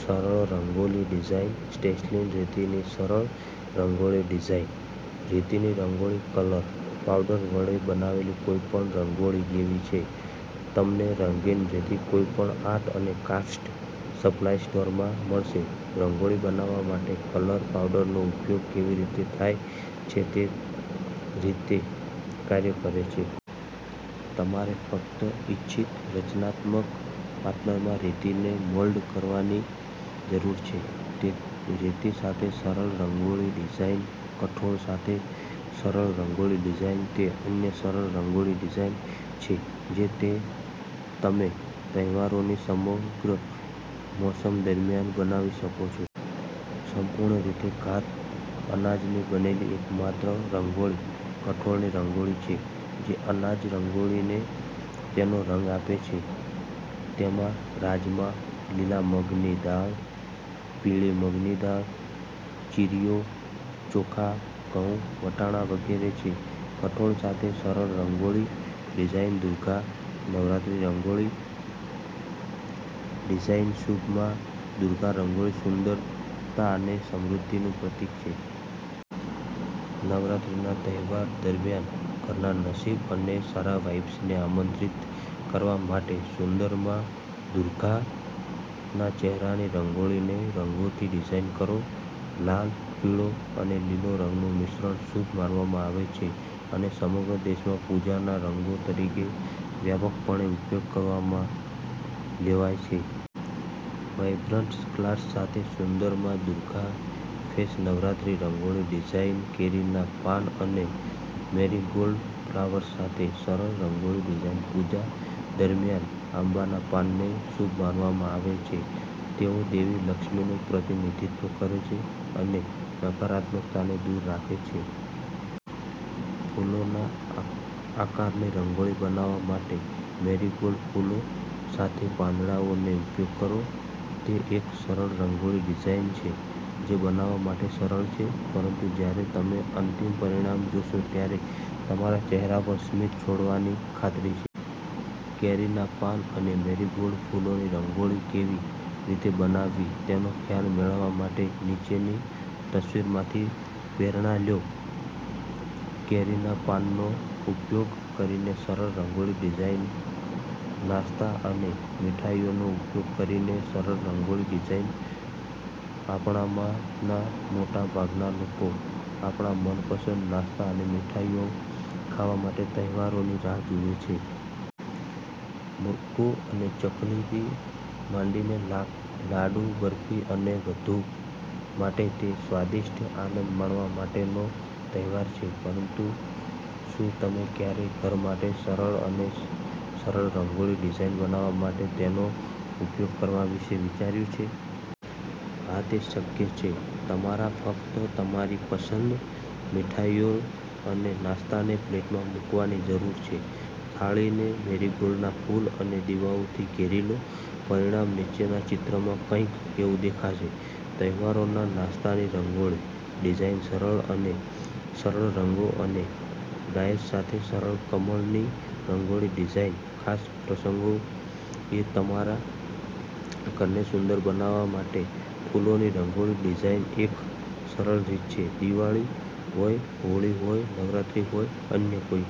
સરળ રંગોળી ડિઝાઇનસ્ટેન્સિલરેતીની સરળ રંગોળી ડિઝાઇન રેતીની રંગોળી કલર પાવડર વડે બનાવેલી કોઈપણ રંગોળી જેવીછે. તમનેરંગીન રેતી કોઈપણ આર્ટ અને ક્રાફ્ટ સપ્લાય સ્ટોરમાં મળશે. રંગોળી બનાવવા માટે કલર પાવડરનો ઉપયોગ કેવી રીતે થાય છે તેરીતે તે કાર્ય કરે છે. તમારે ફક્ત ઇચ્છિત રચનાત્મક પેટર્નમાં રેતીને મોલ્ડ કરવાની જરૂર છે. રેતી સાથે સરળ રંગોળી ડિઝાઇનકઠોળ સાથે સરળ રંગોળી ડિઝાઇન તે અન્ય સરળ રંગોળી ડિઝાઇન છે જે તમે તહેવારોની સમગ્ર મોસમ દરમિયાન બનાવી શકો છો. સંપૂર્ણ રીતે ખાદ્ય અનાજની બનેલી એકમાત્ર રંગોળી કઠોળની રંગોળી છે. જે અનાજ રંગોળીને તેનો રંગ આપે છે તેમાં રાજમા, લીલા મગની દાળ, પીળી મગની દાળ, ચીરીઓ, ચોખા, ઘઉં, વટાણા વગેરે છે. કઠોળ સાથે સરળ રંગોળી ડિઝાઇનમા દુર્ગા નવરાત્રી રંગોળી ડિઝાઇનશુભ મા દુર્ગા રંગોળી સુંદરતા અને સમૃદ્ધિનું પ્રતિક છે. નવરાત્રીના તહેવાર દરમિયાન ઘરના નસીબ અને સારા વાઇબ્સને આમંત્રિત કરવા માટેસુંદર મા દુર્ગાના ચહેરાની રંગોળીને રંગોથી ડિઝાઇન કરો. લાલ, પીળો અને લીલો રંગનું મિશ્રણ શુભ માનવામાં આવે છે અને સમગ્ર દેશમાં પૂજાના રંગો તરીકે વ્યાપકપણે ઉપયોગમાં લેવાય છે. વાઇબ્રન્ટ કલર્સ સાથે સુંદર મા દુર્ગા ફેસ નવરાત્રી રંગોળી ડિઝાઇનકેરીના પાન અને મેરીગોલ્ડ ફ્લાવર્સ સાથેની સરળ રંગોળી ડિઝાઇન પૂજા દરમિયાન આંબાના પાનને શુભ માનવામાં આવે છે. તેઓ દેવી લક્ષ્મીનું પ્રતિનિધિત્વ કરે છે અને નકારાત્મકતાને દૂર રાખે છે. ફૂલોના આકારની રંગોળી બનાવવા માટે મેરીગોલ્ડ ફૂલો સાથેપાંદડાઓનો ઉપયોગ કરો. તે એક સરળ રંગોળી ડિઝાઇન છે જે બનાવવા માટે સરળ છે પરંતુ જ્યારે તમે અંતિમ પરિણામ જોશો ત્યારે તમારા ચહેરા પર સ્મિત છોડવાની ખાતરી છે. કેરીના પાન અને મેરીગોલ્ડ ફૂલોની રંગોળી કેવી રીતે બનાવવી તેનો ખ્યાલ મેળવવા માટે નીચેની તસવીરમાંથી થોડી પ્રેરણા લો. કેરીના પાનનો ઉપયોગ કરીને સરળ રંગોળી ડિઝાઇનનાસ્તા અને મીઠાઈઓનો ઉપયોગ કરીને સરળ રંગોળી ડિઝાઇન આપણામાંના મોટા ભાગના લોકો આપણા મનપસંદ નાસ્તા અને મીઠાઈઓ ખાવા માટે તહેવારોની રાહ જુએ છે. મુરુક્કુ અને ચકલીથી માંડીને લાડુ, બરફી અને વધુ માટે, તે સ્વાદિષ્ટ આનંદ માણવા માટેનો તહેવાર છે. પરંતુ શું તમે ક્યારેય ઘર માટે સરળ અને સરળ રંગોળી ડિઝાઇન બનાવવા માટે તેનો ઉપયોગ કરવા વિશે વિચાર્યું છે? હા, તે શક્ય છે. તમારે ફક્ત તમારી મનપસંદ મીઠાઈઓ અને નાસ્તાને પ્લેટમાં મૂકવાની જરૂર છે. થાળીને મેરીગોલ્ડના ફૂલો અને દીવાઓથી ઘેરી લો. પરિણામ નીચેના ચિત્રમાં કંઈક એવું દેખાશે. તહેવારોના નાસ્તાની રંગોળી ડિઝાઇનસરળ અને સરળરંગો અને ડાયસ સાથે સરળ કમળની રંગોળી ડિઝાઇન ખાસ પ્રસંગોએ તમારા ઘરને સુંદર બનાવવા માટે ફૂલોની રંગોળી ડિઝાઇનએક સરળ રીત છે. દિવાળી હોય, હોળી હોય, નવરાત્રી હોય, અન્ય કોઈ